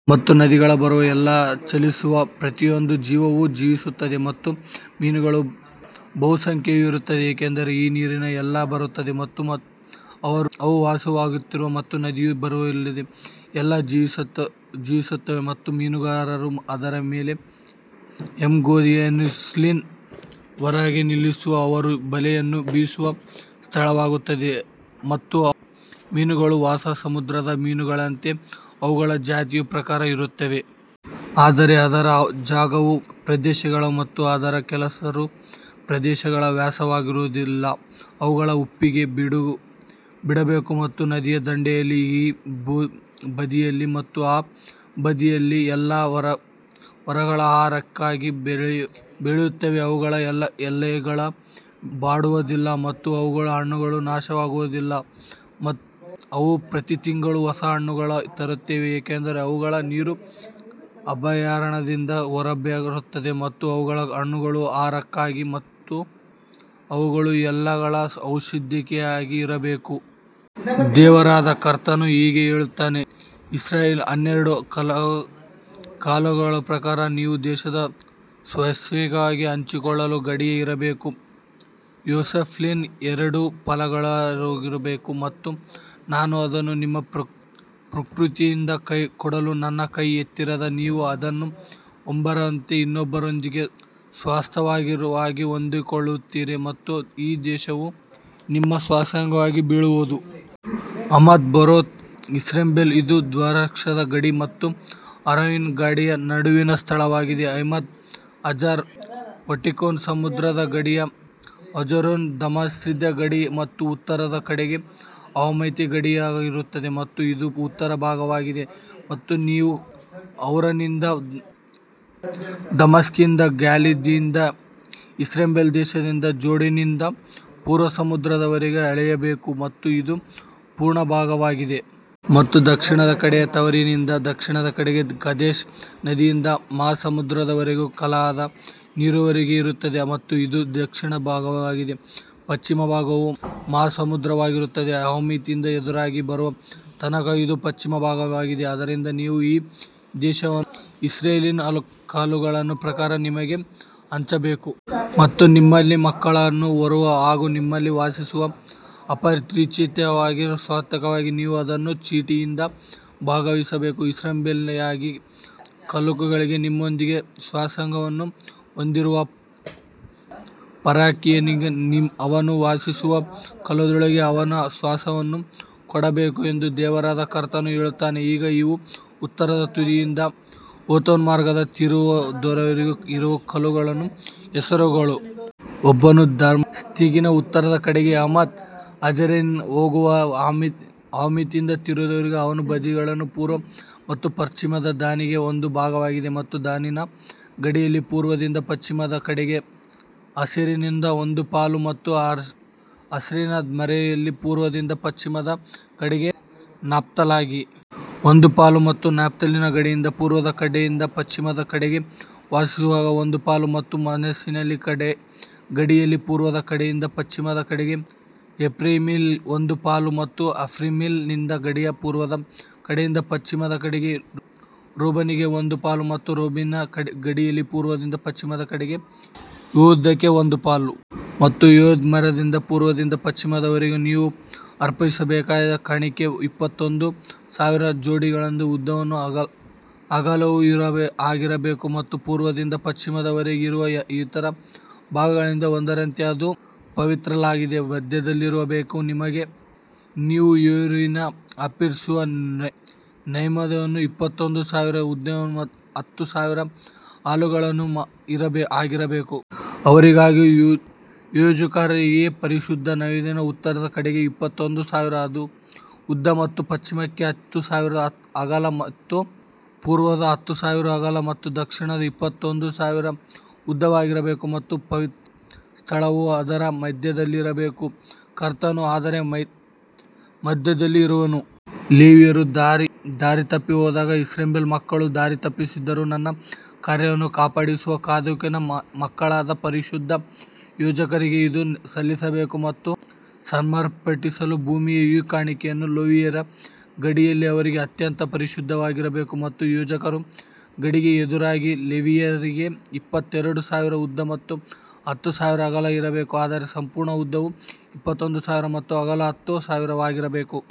ಮತ್ತು ನದಿಗಳು ಬರುವ ಎಲ್ಲೆಲ್ಲಿ ಚಲಿಸುವ ಪ್ರತಿಯೊಂದು ಜೀವಿಯೂ ಜೀವಿಸುತ್ತದೆ ಮತ್ತು ಮೀನುಗಳ ಬಹುಸಂಖ್ಯೆಯು ಇರುತ್ತದೆ, ಏಕೆಂದರೆ ಈ ನೀರು ಅಲ್ಲಿಗೆ ಬರುತ್ತದೆ ಮತ್ತು ಅವು ವಾಸಿಯಾಗುತ್ತವೆ ಮತ್ತು ನದಿಯು ಬರುವಲ್ಲಿ ಎಲ್ಲವೂ ಜೀವಿಸುತ್ತವೆ. ಮತ್ತು ಮೀನುಗಾರರು ಅದರ ಮೇಲೆ ಎಂಗೇದಿಯಿಂದ ಎನೆಗ್ಲಯಿಮ್ ವರೆಗೆ ನಿಲ್ಲುವರು, ಅವರು ಬಲೆಗಳನ್ನು ಬೀಸುವ ಸ್ಥಳವಾಗುತ್ತದೆ ಮತ್ತು ಅವರ ಮೀನುಗಳು ಮಹಾಸಮುದ್ರದ ಮೀನುಗಳಂತೆ ಅವುಗಳ ಜಾತಿಗಳ ಪ್ರಕಾರ ಇರುತ್ತವೆ. ಆದರೆ ಅದರ ಜವುಗು ಪ್ರದೇಶಗಳು ಮತ್ತು ಅದರ ಕೆಸರು ಪ್ರದೇಶಗಳು ವಾಸಿಯಾಗುವುದಿಲ್ಲ, ಅವುಗಳನ್ನು ಉಪ್ಪಿಗೆ ಬಿಡಬೇಕು. ಮತ್ತು ನದಿಯ ದಡದಲ್ಲಿ ಈ ಬದಿಯಲ್ಲಿ ಮತ್ತು ಆ ಬದಿಯಲ್ಲಿ ಎಲ್ಲಾ ಮರಗಳು ಆಹಾರಕ್ಕಾಗಿ ಬೆಳೆಯುತ್ತವೆ, ಅವುಗಳ ಎಲೆಗಳು ಬಾಡುವುದಿಲ್ಲ ಮತ್ತು ಅವುಗಳ ಹಣ್ಣುಗಳು ನಾಶವಾಗುವುದಿಲ್ಲ, ಅವು ಪ್ರತಿತಿಂಗಳು ಹೊಸ ಹಣ್ಣುಗಳನ್ನು ತರುತ್ತವೆ, ಏಕೆಂದರೆ ಅವುಗಳ ನೀರು ಅಭಯಾರಣ್ಯದಿಂದ ಹೊರಬರುತ್ತದೆ ಮತ್ತು ಅವುಗಳ ಹಣ್ಣುಗಳು ಆಹಾರಕ್ಕಾಗಿ ಮತ್ತು ಅವುಗಳ ಎಲೆಗಳು ಔಷಧಕ್ಕಾಗಿ ಇರಬೇಕು. ದೇವರಾದ ಕರ್ತನು ಹೀಗೆ ಹೇಳುತ್ತಾನೆ, ಇಸ್ರಾಯೇಲಿನ ಹನ್ನೆರಡು ಕುಲಗಳ ಪ್ರಕಾರ ನೀವು ದೇಶವನ್ನು ಸ್ವಾಸ್ತ್ಯವಾಗಿ ಹಂಚಿಕೊಳ್ಳುವ ಗಡಿಯು ಹೀಗಿರಬೇಕು, ಯೋಸೇಫನಿಗೆ ಎರಡು ಪಾಲುಗಳಾಗಿರಬೇಕು. ಮತ್ತು ನಾನು ಅದನ್ನು ನಿಮ್ಮ ಪಿತೃಗಳಿಗೆ ಕೊಡಲು ನನ್ನ ಕೈ ಎತ್ತಿದ್ದರಿಂದ ನೀವು ಅದನ್ನು ಒಬ್ಬರಂತೆ ಇನ್ನೊಬ್ಬರೊಂದಿಗೆ ಸ್ವಾಸ್ತ್ಯವಾಗಿ ಹೊಂದಿಕೊಳ್ಳುವಿರಿ ಮತ್ತು ಈ ದೇಶವು ನಿಮಗೆ ಸ್ವಾಸ್ತ್ಯವಾಗಿ ಬೀಳುವುದು. ಹಮಾತ್, ಬೆರೋಥಾ, ಸಿಬ್ರೈಮ್, ಇದು ದಮಸ್ಕಿನ ಗಡಿ ಮತ್ತು ಹೌರಾನಿನ ಗಡಿಯ ನಡುವಿನ ಸ್ಥಳವಾಗಿದೆ. ಹಮಾತ್ ಹಜರ್ ಹಟ್ಟಿಕೋನ್ ಸಮುದ್ರದ ಗಡಿಯು ಹಜರೇನಾನ್ ದಮಸ್ಕಿನ ಗಡಿ ಮತ್ತು ಉತ್ತರದ ಕಡೆಗೆ ಹಮಾತಿನ ಗಡಿಯಾಗಿರುತ್ತದೆ, ಮತ್ತು ಇದು ಉತ್ತರ ಭಾಗವಾಗಿದೆ. ಮತ್ತು ನೀವು ಹೌರಾನಿನಿಂದ ದಮಸ್ಕಿನಿಂದ ಗಿಲ್ಯಾದಿನಿಂದ ಇಸ್ರಾಯೇಲ್ ದೇಶದಿಂದ ಜೋರ್ಡಾನಿನಿಂದ ಪೂರ್ವ ಸಮುದ್ರದವರೆಗೆ ಅಳೆಯಬೇಕು, ಮತ್ತು ಇದು ಪೂರ್ವ ಭಾಗವಾಗಿದೆ. ಮತ್ತು ದಕ್ಷಿಣದ ಕಡೆಯು ತಾಮಾರಿನಿಂದ ದಕ್ಷಿಣದ ಕಡೆಗೆ ಕಾದೇಶ್ ನದಿಯಿಂದ ಮಹಾಸಮುದ್ರದವರೆಗೆ ಕಲಹದ ನೀರಿನವರೆಗೆ ಇರುತ್ತದೆ, ಮತ್ತು ಇದು ದಕ್ಷಿಣ ಭಾಗವಾಗಿದೆ. ಪಶ್ಚಿಮ ಭಾಗವು ಮಹಾಸಮುದ್ರವಾಗಿರುತ್ತದೆ, ಹಮಾತಿಗೆ ಎದುರಾಗಿ ಬರುವ ತನಕ ಇದು ಪಶ್ಚಿಮ ಭಾಗವಾಗಿದೆ. ಆದ್ದರಿಂದ ನೀವು ಈ ದೇಶವನ್ನು ಇಸ್ರಾಯೇಲಿನ ಕುಲಗಳ ಪ್ರಕಾರ ನಿಮಗೆ ಹಂಚಬೇಕು. ಮತ್ತು ನಿಮ್ಮಲ್ಲಿ ಮಕ್ಕಳನ್ನು ಹೆರುವ ಹಾಗೂ ನಿಮ್ಮಲ್ಲಿ ವಾಸಿಸುವ ಅಪರಿಚಿತರಿಗೆ ಸ್ವಾಸ್ತ್ಯಕ್ಕಾಗಿ ನೀವು ಅದನ್ನು ಚೀಟಿಯಿಂದ ಭಾಗಿಸಬೇಕು. ಇಸ್ರಾಯೇಲಿನ ಕುಲಗಳಲ್ಲಿ ನಿಮ್ಮೊಂದಿಗೆ ಸ್ವಾಸ್ತ್ಯವನ್ನು ಹೊಂದಿರುವ ಪರಕೀಯನಿಗೆ ಅವನು ವಾಸಿಸುವ ಕುಲದೊಳಗೆ ಅವನ ಸ್ವಾಸ್ತ್ಯವನ್ನು ಕೊಡಬೇಕು ಎಂದು ದೇವರಾದ ಕರ್ತನು ಹೇಳುತ್ತಾನೆ. ಈಗ ಇವು ಉತ್ತರದ ತುದಿಯಿಂದ ಹೆತ್ಲೋನ್ ಮಾರ್ಗದ ತೀರದವರೆಗೆ ಇರುವ ಕುಲಗಳ ಹೆಸರುಗಳು. ಒಬ್ಬನು ದಮಸ್ಕಿನ ಉತ್ತರದ ಕಡೆಗೆ ಹಮಾತ್ ಹಜರೇನಾನಿಗೆ ಹೋಗುವಾಗ ಹಮಾತಿನ ತೀರದವರೆಗೆ, ಅವನ ಬದಿಗಳು ಪೂರ್ವ ಮತ್ತು ಪಶ್ಚಿಮದಲ್ಲಿ ದಾನಿಗೆ ಒಂದು ಭಾಗವಾಗಿವೆ. ಮತ್ತು ದಾನಿನ ಗಡಿಯಲ್ಲಿ ಪೂರ್ವದಿಂದ ಪಶ್ಚಿಮದ ಕಡೆಗೆ ಆಶೇರನಿಗೆ ಒಂದು ಪಾಲು, ಮತ್ತು ಆಶೇರನ ಮೇರೆಯಲ್ಲಿ ಪೂರ್ವದಿಂದ ಪಶ್ಚಿಮದ ಕಡೆಗೆ ನಫ್ತಾಲಿಗೆ ಒಂದು ಪಾಲು, ಮತ್ತು ನಫ್ತಾಲಿಯ ಗಡಿಯಲ್ಲಿ ಪೂರ್ವದ ಕಡೆಯಿಂದ ಪಶ್ಚಿಮದ ಕಡೆಗೆ ಮನಸ್ಸೆಗೆ ಒಂದು ಪಾಲು, ಮತ್ತು ಮನಸ್ಸೆಯ ಗಡಿಯಲ್ಲಿ ಪೂರ್ವದ ಕಡೆಯಿಂದ ಪಶ್ಚಿಮದ ಕಡೆಗೆ ಎಫ್ರಾಯೀಮಿಗೆ ಒಂದು ಪಾಲು, ಮತ್ತು ಎಫ್ರಾಯೀಮನ ಗಡಿಯಲ್ಲಿ ಪೂರ್ವದ ಕಡೆಯಿಂದ ಪಶ್ಚಿಮದ ಕಡೆಗೆ ರೂಬೇನನಿಗೆ ಒಂದು ಪಾಲು, ಮತ್ತು ರೂಬೇನನ ಗಡಿಯಲ್ಲಿ ಪೂರ್ವದಿಂದ ಪಶ್ಚಿಮದ ಕಡೆಗೆ ಯೆಹೂದಕ್ಕೆ ಒಂದು ಪಾಲು. ಮತ್ತು ಯೆಹೂದದ ಮೇರೆಯಲ್ಲಿ ಪೂರ್ವದಿಂದ ಪಶ್ಚಿಮದವರೆಗೆ ನೀವು ಅರ್ಪಿಸಬೇಕಾದ ಕಾಣಿಕೆಯು ಇಪ್ಪತ್ತೈದು ಸಾವಿರ ಜೊಂಡುಗಳ ಉದ್ದವೂ ಅಗಲವೂ ಆಗಿರಬೇಕು, ಮತ್ತು ಪೂರ್ವದಿಂದ ಪಶ್ಚಿಮದವರೆಗೆ ಇರುವ ಇತರ ಭಾಗಗಳಲ್ಲಿ ಒಂದರಂತೆ ಅದು ಪವಿತ್ರಾಲಯದ ಮಧ್ಯದಲ್ಲಿರಬೇಕು. ನೀವು ಯೆಹೋವನಿಗೆ ಅರ್ಪಿಸುವ ನೈವೇದ್ಯವು ಇಪ್ಪತ್ತೈದು ಸಾವಿರ ಉದ್ದವೂ ಹತ್ತು ಸಾವಿರ ಅಗಲವೂ ಆಗಿರಬೇಕು. ಅವರಿಗಾಗಿಯೂ ಯಾಜಕರಿಗೆ ಈ ಪರಿಶುದ್ಧ ನೈವೇದ್ಯವು ಉತ್ತರದ ಕಡೆಗೆ ಇಪ್ಪತ್ತೈದು ಸಾವಿರ ಉದ್ದ ಮತ್ತು ಪಶ್ಚಿಮಕ್ಕೆ ಹತ್ತು ಸಾವಿರ ಅಗಲ ಮತ್ತು ಪೂರ್ವಕ್ಕೆ ಹತ್ತು ಸಾವಿರ ಅಗಲ ಮತ್ತು ದಕ್ಷಿಣಕ್ಕೆ ಇಪ್ಪತ್ತೈದು ಸಾವಿರ ಉದ್ದವಾಗಿರಬೇಕು, ಮತ್ತು ಪವಿತ್ರ ಸ್ಥಳವು ಅದರ ಮಧ್ಯದಲ್ಲಿರಬೇಕು. ಕರ್ತನು ಅದರ ಮಧ್ಯದಲ್ಲಿ ಇರುವನು. ಲೇವಿಯರು ದಾರಿತಪ್ಪಿ ಹೋದಾಗ ಇಸ್ರಾಯೇಲ್ ಮಕ್ಕಳು ದಾರಿತಪ್ಪಿದರೂ ನನ್ನ ಕಾರ್ಯವನ್ನು ಕಾಪಾಡಿದ ಚಾದೋಕನ ಮಕ್ಕಳಾದ ಪರಿಶುದ್ಧ ಯಾಜಕರಿಗೆ ಇದು ಸಲ್ಲಬೇಕು. ಮತ್ತು ಸಮರ್ಪಿಸಲ್ಪಟ್ಟ ಭೂಮಿಯ ಈ ಕಾಣಿಕೆಯು ಲೇವಿಯರ ಗಡಿಯಲ್ಲಿ ಅವರಿಗೆ ಅತ್ಯಂತ ಪರಿಶುದ್ಧವಾಗಿರಬೇಕು. ಮತ್ತು ಯಾಜಕರ ಗಡಿಗೆ ಎದುರಾಗಿ ಲೇವಿಯರಿಗೆ ಇಪ್ಪತ್ತೈದು ಸಾವಿರ ಉದ್ದ ಮತ್ತು ಹತ್ತು ಸಾವಿರ ಅಗಲ ಇರಬೇಕು, ಅದರ ಸಂಪೂರ್ಣ ಉದ್ದವು ಇಪ್ಪತ್ತೈದು ಸಾವಿರ ಮತ್ತು ಅಗಲವು ಹತ್ತು ಸಾವಿರವಾಗಿರಬೇಕು.